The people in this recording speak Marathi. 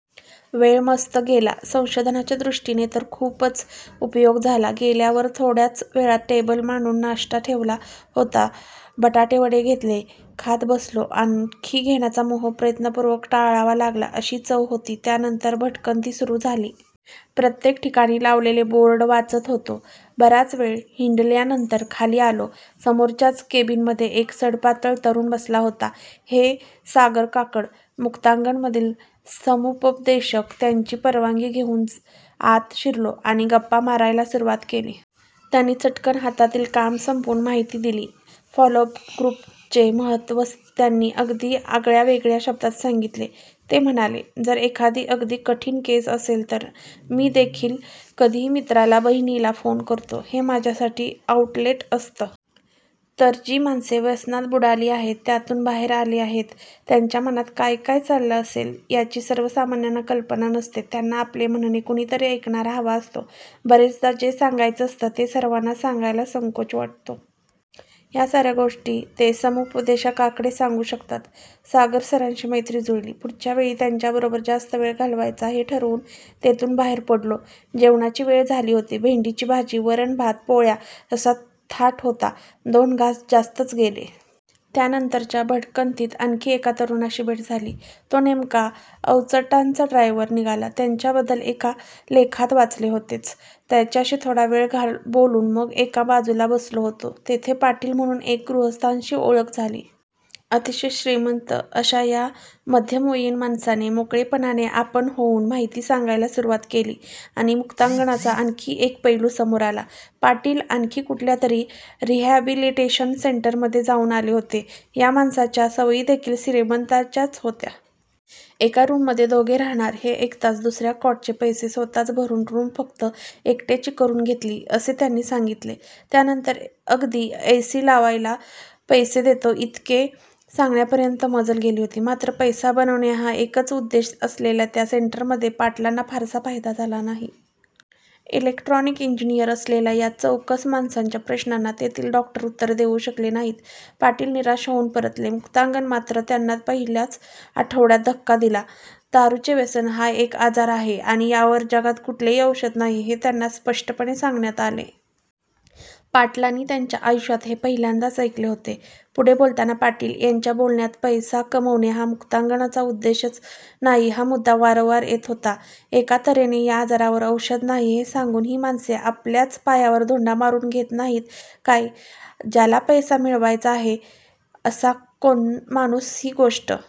वेळ मस्त गेला. संशोधनाच्या दृष्टीने तर खूपच उपयोग झाला. गेल्यावर थोड्याच वेळात टेबल मांडून नाश्ता ठेवला होता. बटाटेवडे घेतले. खात बसलो. आणखी घेण्याचा मोह प्रयत्नपूर्वक टाळावा लागला अशी चव होती. त्यानंतर भटकंती सुरू झाली. प्रत्येक ठिकाणी लावलेले बोर्ड वाचत होतो. बराच वेळ हिंडल्यानंतर खाली आलो. समोरच्याच केबिनमध्ये एक सडपातळ तरुण बसला होता. हे सागर काकड. मुक्तांगणमधील समुपदेशक. त्यांची परवानगी घेऊन आत शिरलो आणि गप्पा मारायला सुरुवात केली. त्यांनी चटकन हातातील काम संपवून माहिती दिली. फॉलोअप ग्रुपचे महत्त्व त्यांनी अगदी आगळ्यावेगळ्या शब्दांत सांगितले. ते म्हणाले जर एखादी अगदी कठीण केस असेल तर मीदेखील कधी मित्राला, बहिणीला फोन करतो. हे माझ्यासाठी आउटलेट असतं. तर जी माणसे व्यसनात बुडाली आहेत, त्यातून बाहेर आली आहेत, त्यांच्या मनात काय काय चाललं असेल याची सर्वसामान्यांना कल्पना नसते. त्यांना आपले म्हणणे कुणीतरी ऐकणारा हवा असतो. बरेचदा जे सांगायचं असतं ते सर्वांना सांगायला संकोच वाटतो. या साऱ्या गोष्टी ते समुपदेशकाकडे सांगू शकतात. सागरसरांशी मैत्री जुळली. पुढच्यावेळी त्यांच्याबरोबर जास्त वेळ घालवायचा हे ठरवून तेथून बाहेर पडलो. जेवण्याची वेळ झाली होती. भेंडीची भाजी, वरण, भात, पोळ्या असा थाट होता. दोन घास जास्तच गेले. त्यानंतरच्या भटकंतीत आणखी एका तरुणाशी भेट झाली. तो नेमका अवचटांचा ड्रायव्हर निघाला. त्याच्याबद्दल एका लेखात वाचले होतेच. त्याच्याशी थोडा वेळ बोलून मग एका बाजूला बसलो होतो. तेथे पाटील म्हणून एक गृहस्थांशी ओळख झाली. अतिशय श्रीमंत अशा या मध्यमवयीन माणसाने मोकळेपणाने आपण होऊन माहिती सांगायला सुरुवात केली आणि मुक्तांगणचा आणखी एक पैलू समोर आला. पाटील आणखी कुठल्यातरी रिहॅबिलिटेशन सेंटरमध्ये जाऊन आले होते. या माणसाच्या सवयीदेखील श्रीमंतांच्याच होत्या. एका रूममध्ये दोघे राहणार हे ऐकताच दुसऱ्या कॉटचे पैसे स्वतःच भरून रूम फक्त एकट्याची करून घेतली असे त्यांनी सांगितले. त्यानंतर अगदी एसी लावायला पैसे देतो इतके सांगण्यापर्यंत मजल गेली होती. मात्र पैसा बनवणे हा एकच उद्देश असलेल्या त्या सेंटरमध्ये पाटलांना फारसा फायदा झाला नाही. इलेक्ट्रॉनिक इंजिनिअर असलेल्या या चौकस माणसाच्या प्रश्नांना तेथील डॉक्टर उत्तरे देऊ शकले नाहीत. पाटील निराश होऊन परतले. मुक्तांगणने मात्र त्यांना पहिल्याच आठवड्यात धक्का दिला. दारूचे व्यसन हा एक आजार आहे आणि यावर जगात कुठलेही औषध नाही हे त्यांना स्पष्टपणे सांगण्यात आले. पाटलांनी त्यांच्या आयुष्यात हे पहिल्यांदाच ऐकले होते. पुढे बोलताना पाटील यांच्या बोलण्यात पैसा कमवणे हा मुक्तांगणचा उद्देशच नाही हा मुद्दा वारंवार येत होता. एका तऱ्हेने या आजारावर औषध नाही हे सांगून ही माणसे आपल्याच पायावर धोंडा मारून घेत नाहीत काय? ज्याला पैसा मिळवायचा आहे असा कोण माणूस ही गोष्ट